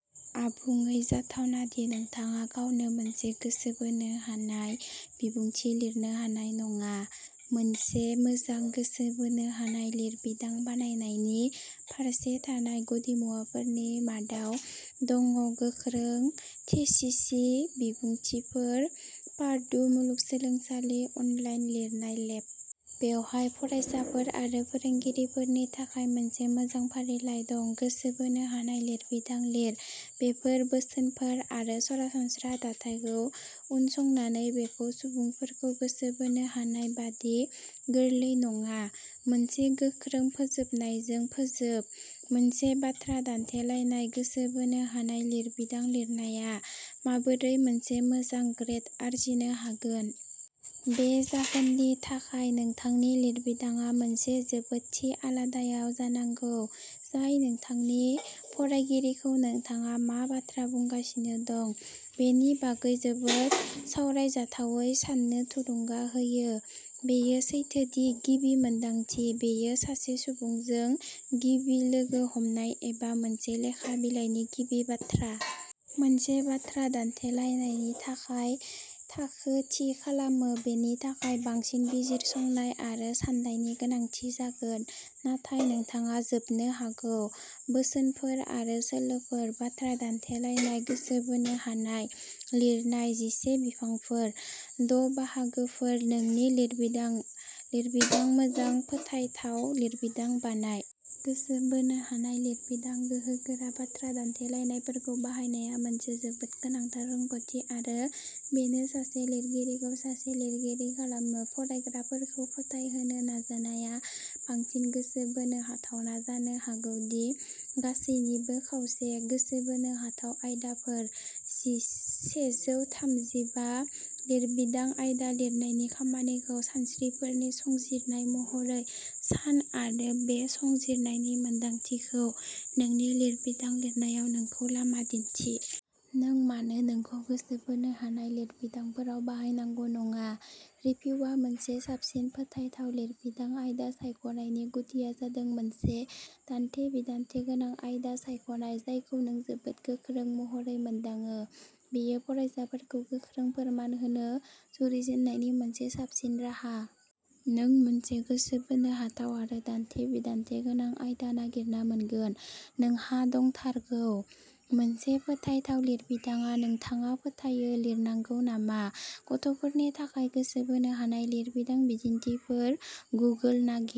आबुङै जाथावना दि नोंथाङा गावनो मोनसे गोसो बोनो हानाय बिबुंथि लिरनो हानाय नङा। मोनसे मोजां गोसो बोनो हानाय लिरबिदां बानायनायनि फारसे थानाय गुदिमुवाफोरनि मादाव दङ। गोख्रों थेसिसि बिबुंथिफोर पार्डु मुलुगसोलोंसालि अनलाइन लिरनाय लेब। बेवहाय फरायसाफोर आरो फोरोंगिरिफोरनि थाखाय मोनसे मोजां फारिलाइ दं। गोसो बोनो हानाय लिरबिदां लिर बेफोर बोसोनफोर आरो सरासनस्रा दाथायखौ उनसंनानै बेखौ सुबुंफोरखौ गोसो बोनो हानाय बादि गोरलै नङा। मोनसे गोख्रों फोजोबनायजों फोजोब। मोनसे बाथ्रा दान्थेलायनाय गोसो बोनो हानाय लिरबिदां लिरनाया माबोरै मोनसे मोजां ग्रेड आरजिनो हागोन। बे जाहोननि थाखाय नोंथांनि लिरबिदांआ मोनसे जोबोद थि आयदायाव जानांगौ जाय नोंथांनि फरायगिरिखौ नोंथाङा मा बाथ्रा बुंगासिनो दं बेनि बागै जोबोद सावरायजाथावै साननो थुलुंगा होयो। बेयो सैथो दि गिबि मोनदांथि बेयो सासे सुबुंजों गिबि लोगो हमनाय एबा मोनसे लेखा बिलाइनि गिबि बाथ्रा। मोनसे बाथ्रा दान्थेलायनायनि थाखाय थाखो थि खालामो। बेनि थाखाय बांसिन बिजिरसंनाय आरो साननायनि गोनांथि जागोन। नाथाय नोंथाङा जोबनो हागौ। बोसोनफोर आरो सोलोफोर बाथ्रा दान्थेलायनाय। गोसो बोनो हानाय लिरनाय जिसे बिफांफोर। द' बाहागोफोर नोंनि लिरबिदां लिरबिदां मोजां फोथायथाव लिरबिदां बानाय। गोसो बोनो हानाय लिरबिदां गोहोगोरा बाथ्रा दान्थेलायनायफोरखौ बाहायनाया मोनसे जोबोद गोनांथार रोंग'थि आरो बेनो सासे लिरगिरिखौ सासे लिरगिरि खालामो। फरायग्राफोरखौ फोथायहोनो नाजानाया बांसिन गोसो बोनो हाथावना जानो हागौ दि गासैनिबो खावसे। गोसो बोनो हाथाव आयदाफोर सेजौ थामजिबा लिरबिदां आयदा लिरनायनि खामानिखौ सानस्रिफोरनि संजिरनाय महरै सान आरो बे संजिरनायनि मोनदांथिखौ नोंनि लिरबिदां लिरनायाव नोंखौ लामा दिन्थि। नों मानो नोंखौ गोसो बोनो हानाय लिरबिदांफोराव बाहायनांगौ नङा। रिभिउआ मोनसे साबसिन फोथायथाव लिरबिदां आयदा सायख'नायनि गुदिआ जादों मोनसे दान्थे-बिदान्थे गोनां आयदा सायख'नाय जायखौ नों जोबोद गोख्रों महरै मोनदाङो। बेयो फरायसाफोरखौ गोख्रों फोरमान होनो जुरिजेननायनि मोनसे साबसिन राहा। नों मोनसे गोसो बोनो हाथाव आरो दान्थे-बिदान्थे गोनां आयदा नागिरना मोनगोन। नोंहा दंथारगौ। मोनसे फोथायथाव लिरबिदांआव नोंथाङा फोथायो लिरनांगौ नामा? गथ'फोरनि थाखाय गोसो बोनो हानाय लिरबिदां बिदिन्थिफोर-गुगोल नागिर।